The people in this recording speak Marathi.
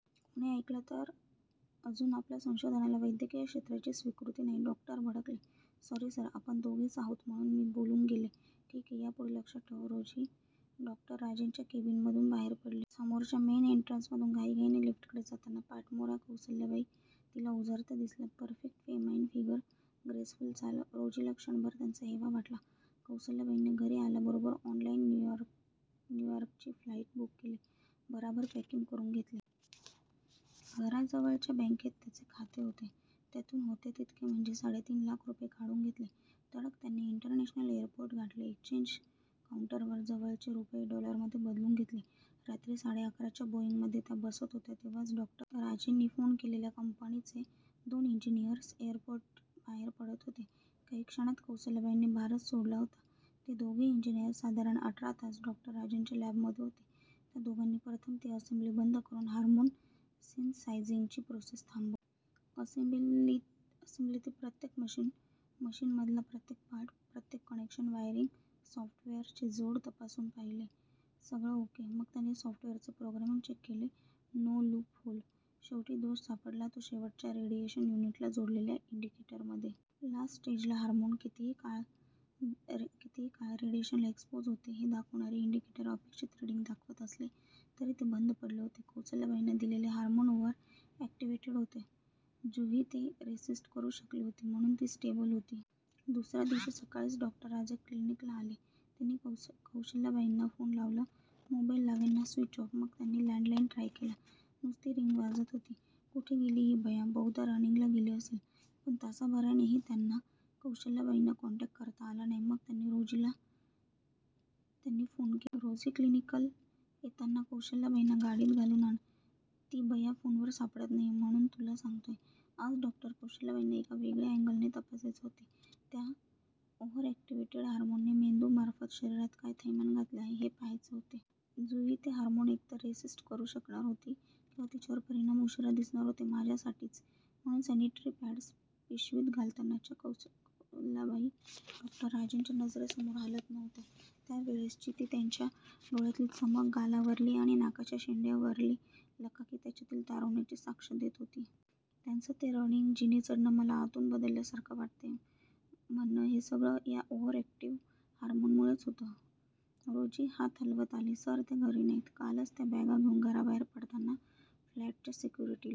कोणी ऐकलं तर? अजून आपलं संशोधनाला वैद्यकीय क्षेत्राची स्वीकृती नाही! डॉक्टर भडकले. "सॉरी सर, आपण दोघेच आहोत म्हणून मी बोलून गेले. "" ठीक, या पुढे लक्षात ठेव! " रोजी डॉ. राजेंच्या केबिन मधून बाहेर पडली. समोरच्या मेन एंट्रन्स मधून घाईघाईने लिफ्टकडे जाताना पाठमोऱ्या कौसल्याबाई तिला ओझरत्या दिसल्या! परफेक्ट फेमाईन फिगर, ग्रेसफुल चाल! रोजीला क्षणभर त्यांचा हेवा वाटला! कौसल्याबाईनी घरी आल्याबरोबर ऑनलाईन न्यूयार्कची फ्लाईट बुक केली. भराभर पॅकिंग करून घेतले. घराजवळच्या बँकेत त्याचे खाते होते. त्यातून होते तितके म्हणजे साडेतीन लाख रुपये काढून घेतले. तडक त्यांनी इंटरनॅशनल एअरपोर्ट गाठले. एक्सचेंज कॉउंटरवर जवळचे रुपये, डॉलरमध्ये बदलून घेतले. रात्री साडेअकराच्या बोईंग मध्ये त्या बसत होत्या, तेव्हाच डॉ. राजेंनी फोन केलेल्या कम्पनीचे दोन इंजिनियर्स एअरपोर्ट बाहेर पडत होते! काही क्षणात कौसल्याबाईंनी भारत सोडला होता! ते दोघे इंजिनियर्स साधारण आठरा तास डॉ. राजेंच्या लॅब मध्ये होते. त्या दोघांनी प्रथम ती असेम्ब्ली बंद करून, हार्मोन सिंथसायझिंगची प्रोसेस थांबावी. असेंब्लितली प्रत्येक मशीन, मशीन मधला प्रत्येक पार्ट, प्रत्येक कनेक्शन, वायरिंग, सॉफ्टवेरचेजोड तपासून पहिले. सगळं ओके! मग त्यांनी सॉफ्टवेयरचे प्रोग्रामिंग चेक केले. No loophole! शेवटी दोष सापडला तो शेवटच्या रेडिएशन युनिटला जोडलेल्या इंडिकेटर मध्ये! लास्ट स्टेजला हार्मोन, कितीही काळ रेडिएशनला एक्सपोज होते, हे दाखवणारे इंडिकेटर अपेक्षित रिडींग दाखवत असले तरी, ते बंद पडले होते! कौसल्याबाईंना दिलेले हार्मोन ओव्हर ऍक्टिव्हेटेड होते! जुही ते रेसिस्ट करू शकली होती, म्हणून ती स्टेबल होती! दुसरे दिवशी, सक्काळीच डॉ. राजे क्लिनिकला आले. त्यांनी कौशल्याबाईंना फोन लावला. मोबाईल लागेना. स्वीचऑफ! मग त्यांनी लँडलाईन ट्राय केला. नुस्ती रिंग वाजत होती. कुठे गेली हि बया? बहुदा रनिंगला गेली असेल! पण तासाभरानेही त्यांना कौशल्याबाईंना कॉन्टॅक्ट करता आला नाही, मग त्यांनी रोजीला त्यांनी फोन केला. "रोजी, क्लिनिकल येताना कौशल्याबाईंना गाडीत घालून आण! ती बया फोनवर सापडत नाहीय! म्हणून तुला सांगतोय! " आज डॉक्टर कौशल्याबाईंना एका वेगळ्या अँगलने तपासायचे होते. त्या ओव्हरऍक्टिव्हेटेड हार्मोनने मेंदू मार्फत शरीरात काय थैमान घातले आहे हे पहायचे होते. 'जुही' ते हार्मोन एक तर रेसिस्ट करू शकणार होती, किंवा तिच्यावर परिणाम उशिरा दिसणार होते. माझ्या साठीच! म्हणून सॅनिटरी पॅड्स पिशवीत घालतानाच्या कौसल्याबाई! डॉ. राजेंच्या नजरेसमोर हालत नव्हत्या. त्या वेळेसची, ती त्यांच्या डोळ्यातली चमक, गालावरली आणि नाकाच्या शेंड्यावरली लकाकी, त्याच्यातील तारुण्याची साक्ष देत होती! त्यांचं ते रनिंग, जिनेचढ़ण, 'मला आतून बदल्या सारखं वाटतय! ' म्हणणं, हे सगळं या ओव्हर ऍक्टिव्ह हार्मोन मुळेच होत! रोजी हात हलवत आली. सर, त्या घरी नाहीत. कालच त्या बॅगा घेऊन घराबाहेर पडताना फ्लॅटच्या सेक्युरिटीला